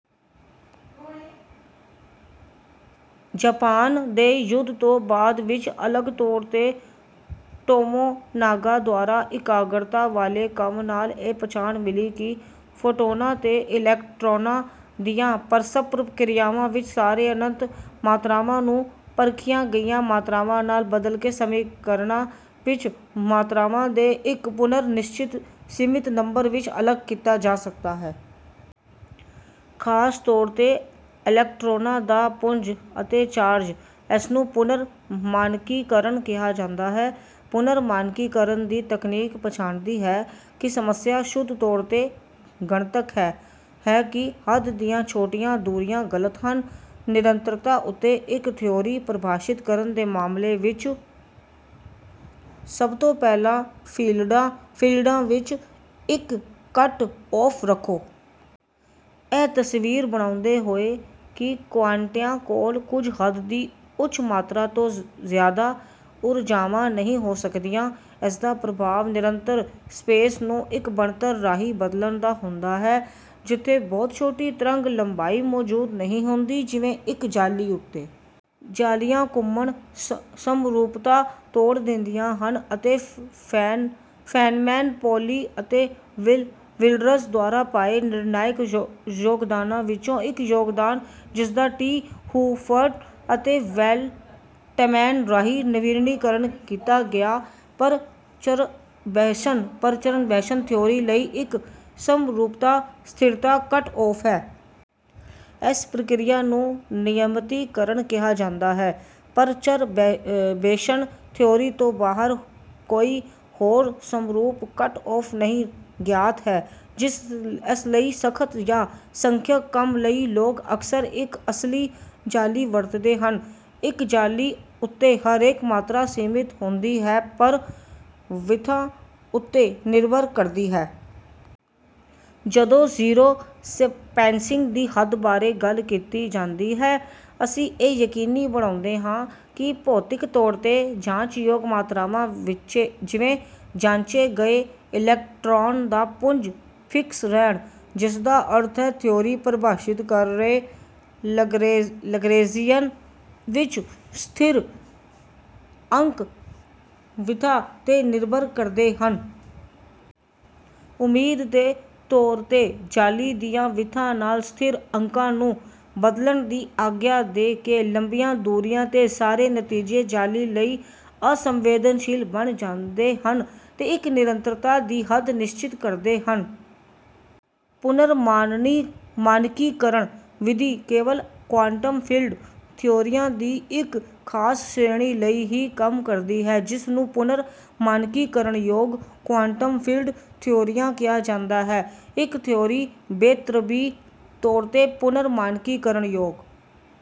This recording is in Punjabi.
ਜਪਾਨ ਦੇ ਯੁੱਧ ਤੋਂ ਬਾਅਦ ਵਿੱਚ ਅਲੱਗ ਤੌਰ ਤੇ ਟੋਮੋਨਾਗਾ ਦੁਆਰਾ ਇਕਾਗਰਤਾ ਵਾਲੇ ਕੰਮ ਨਾਲ ਇਹ ਪਛਾਣ ਮਿਲੀ ਕਿ ਫੋਟੌਨਾਂ ਤੇ ਇਲੈਕਟ੍ਰੋਨਾਂ ਦੀਆਂ ਪਰਸਪਰ ਕ੍ਰਿਆਵਾਂ ਵਿੱਚ ਸਾਰੇ ਅਨੰਤ ਮਾਤਰਾਵਾਂ ਨੂੰ ਪਰਖੀਆਂ ਗਈਆਂ ਮਾਤਰਾਵਾਂ ਨਾਲ ਬਦਲ ਕੇ ਸਮੀਕਰਨਾਂ ਵਿੱਚ ਮਾਤਰਾਵਾਂ ਦੇ ਇੱਕ ਪੁਨਰ-ਨਿਸ਼ਚਿਤ ਸੀਮਤ ਨੰਬਰ ਵਿੱਚ ਅਲੱਗ ਕੀਤਾ ਜਾ ਸਕਦਾ ਹੈ। ਖਾਸ ਤੌਰ ਤੇ ਇਲੈਕਟ੍ਰੌਨਾਂ ਦਾ ਪੁੰਜ ਅਤੇ ਚਾਰਜ। ਇਸਨੂੰ ਪੁਨਰ-ਮਾਨਕੀਕਰਨ ਕਿਹਾ ਜਾਂਦਾ ਹੈ। ਪੁਨਰ-ਮਾਨਕੀਕਰਨ ਦੀ ਤਕਨੀਕ ਪਛਾਣਦੀ ਹੈ ਕਿ ਸਮੱਸਿਆ ਸ਼ੁੱਧ ਤੌਰ ਤੇ ਗਣਿਤਿਕ ਹੈ ਕਿ ਹੱਦ ਦੀਆਂ ਛੋਟੀਆਂ ਦੂਰੀਆਂ ਗਲਤ ਹਨ। ਨਿਰੰਤਰਤਾ ਉੱਤੇ ਇੱਕ ਥਿਊਰੀ ਪਰਿਭਾਸ਼ਿਤ ਕਰਨ ਦੇ ਮਾਮਲੇ ਵਿੱਚ ਸਭ ਤੋਂ ਪਹਿਲਾਂ ਫੀਲਡਾਂ ਵਿੱਚ ਇੱਕ ਕੱਟ-ਔਫ ਰੱਖੋ। ਇਹ ਤਸਵੀਰ ਬਣਾਉਂਦੇ ਹੋਏ ਕਿ ਕੁਆਂਟਿਆਂ ਕੋਲ ਕੁੱਝ ਹੱਦ ਦੀ ਉੱਚ ਮਾਤਰਾ ਤੋਂ ਜ਼ਿਆਦਾ ਊਰਜਾਵਾਂ ਨਹੀਂ ਹੋ ਸਕਦੀਆਂ। ਇਸਦਾ ਪ੍ਰਭਾਵ ਨਿਰੰਤਰ ਸਪੇਸ ਨੂੰ ਇੱਕ ਬਣਤਰ ਰਾਹੀਂ ਬਦਲਣ ਦਾ ਹੁੰਦਾ ਹੈ ਜਿੱਥੇ ਬਹੁਤ ਛੋਟੀ ਤਰੰਗ ਲੰਬਾਈ ਮੌਜੂਦ ਨਹੀਂ ਹੁੰਦੀ ਜਿਵੇਂ ਇੱਕ ਜਾਲੀ ਉੱਤੇ। ਜਾਲੀਆਂ ਘੁੰਮਣ ਸਮਰੂਪਤਾ ਤੋੜ ਦਿੰਦੀਆਂ ਹਨ। ਅਤੇ ਫੇਨਮੈਨ ਪੌਲੀ ਅਤੇ ਵਿੱਲਰਜ਼ ਦੁਆਰਾ ਪਾਏ ਨਿਰਣਾਇਕ ਯੋਗਦਾਨਾਂ ਵਿੱਚੋਂ ਇੱਕ ਯੋਗਦਾਨ ਜਿਸਦਾ 'ਟੀ' ਹੂਫਟ ਅਤੇ ਵੈਲੱਟਮੈਨ ਰਾਹੀਂ ਨਵੀਨੀਕਰਨ ਕੀਤਾ ਗਿਆ ਪਰਚਰਬੇਸ਼ਨ ਥਿਊਰੀ ਲਈ ਇੱਕ ਸਮਰੂਪਤਾ ਸਥਿਰਤਾ ਕੱਟ-ਔਫ ਹੈ। ਇਸ ਪ੍ਰਕ੍ਰਿਆ ਨੂੰ ਨਿਯਮਤੀਕਰਨ ਕਿਹਾ ਜਾਂਦਾ ਹੈ। ਪਰਚਰਬੇਸ਼ਨ ਥਿਊਰੀ ਤੋਂ ਬਾਹਰ ਕੋਈ ਹੋਰ ਸਮਰੂਪ ਕੱਟ-ਔਫ ਨਹੀਂ ਗਿਆਤ ਹੈ ਇਸ ਲਈ ਸਖਤ ਜਾਂ ਸੰਖਿਅਕ ਕੰਮ ਲਈ ਲੋਕ ਅਕਸਰ ਇੱਕ ਅਸਲੀ ਜਾਲੀ ਵਰਤਦੇ ਹਨ। ਇੱਕ ਜਾਲੀ ਉੱਤੇ ਹਰੇਕ ਮਾਤਰਾ ਸੀਮਤ ਹੁੰਦੀ ਹੈ ਪਰ ਵਿੱਥਾਂ ਉੱਤੇ ਨਿਰਭਰ ਕਰਦੀ ਹੈ। ਜਦੋਂ ਜ਼ੀਰੋ ਸਪੇਸਿੰਗ ਦੀ ਹੱਦ ਬਾਰੇ ਗੱਲ ਕੀਤੀ ਜਾਂਦੀ ਹੈ ਅਸੀਂ ਇਹ ਯਕੀਨੀ ਬਣਾਉਂਦੇ ਹਾਂ ਕਿ ਭੌਤਿਕੀ ਤੌਰ ਤੇ ਜਾਂਚਯੋਗ ਮਾਤਰਾਵਾਂ ਜਿਵੇਂ ਜਾਂਚੇ ਗਏ ਇਲੈਕਟ੍ਰੌਨ ਦਾ ਪੁੰਜ ਫਿਕਸ ਰਹਿਣ। ਜਿਸਦਾ ਅਰਥ ਹੈ ਥਿਊਰੀ ਪਰਿਭਾਸ਼ਿਤ ਕਰ ਰਹੇ ਲਗਰੇਂਜੀਅਨ ਵਿੱਚ ਸਥਿਰ ਅੰਕ ਵਿੱਥਾਂ ਤੇ ਨਿਰਭਰ ਕਰਦੇ ਹਨ। ਉਮੀਦ ਦੇ ਤੌਰ ਤੇ ਜਾਲੀ ਦੀਆਂ ਵਿੱਥਾਂ ਨਾਲ ਸਥਿਰ ਅੰਕਾਂ ਨੂੰ ਬਦਲਣ ਦੀ ਆਗਿਆ ਦੇ ਕੇ ਲੰਬੀਆਂ ਦੂਰੀਆਂ ਤੇ ਸਾਰੇ ਨਤੀਜੇ ਜਾਲੀ ਲਈ ਅਸੰਵੇਦਨਸ਼ੀਲ ਬਣ ਜਾਂਦੇ ਹਨ ਤੇ ਇੱਕ ਨਿਰੰਤਰਤਾ ਦੀ ਹੱਦ ਨਿਸ਼ਚਿਤ ਕਰਦੇ ਹਨ। ਪੁਨਰ-ਮਾਨਕੀਕਰਨ ਵਿਧੀ ਕੇਵਲ ਕੁਆਂਟਮ ਫੀਲਡ ਥਿਊਰੀਆਂ ਦੀ ਇੱਕ ਖਾਸ ਸ਼੍ਰੇਣੀ ਲਈ ਹੀ ਕੰਮ ਕਰਦੀ ਹੈ ਜਿਸ ਨੂੰ ਪੁਨਰ-ਮਾਨਕੀਕਰਨਯੋਗ ਕੁਆਂਟਮ ਫੀਲਡ ਥਿਊਰੀਆਂ ਕਿਹਾ ਜਾਂਦਾ ਹੈ। ਇੱਕ ਥਿਊਰੀ ਬੇਤਰਤੀਬੀ ਤੌਰ ਤੇ ਪੁਨਰ-ਮਾਨਕੀਕਰਨਯੋਗ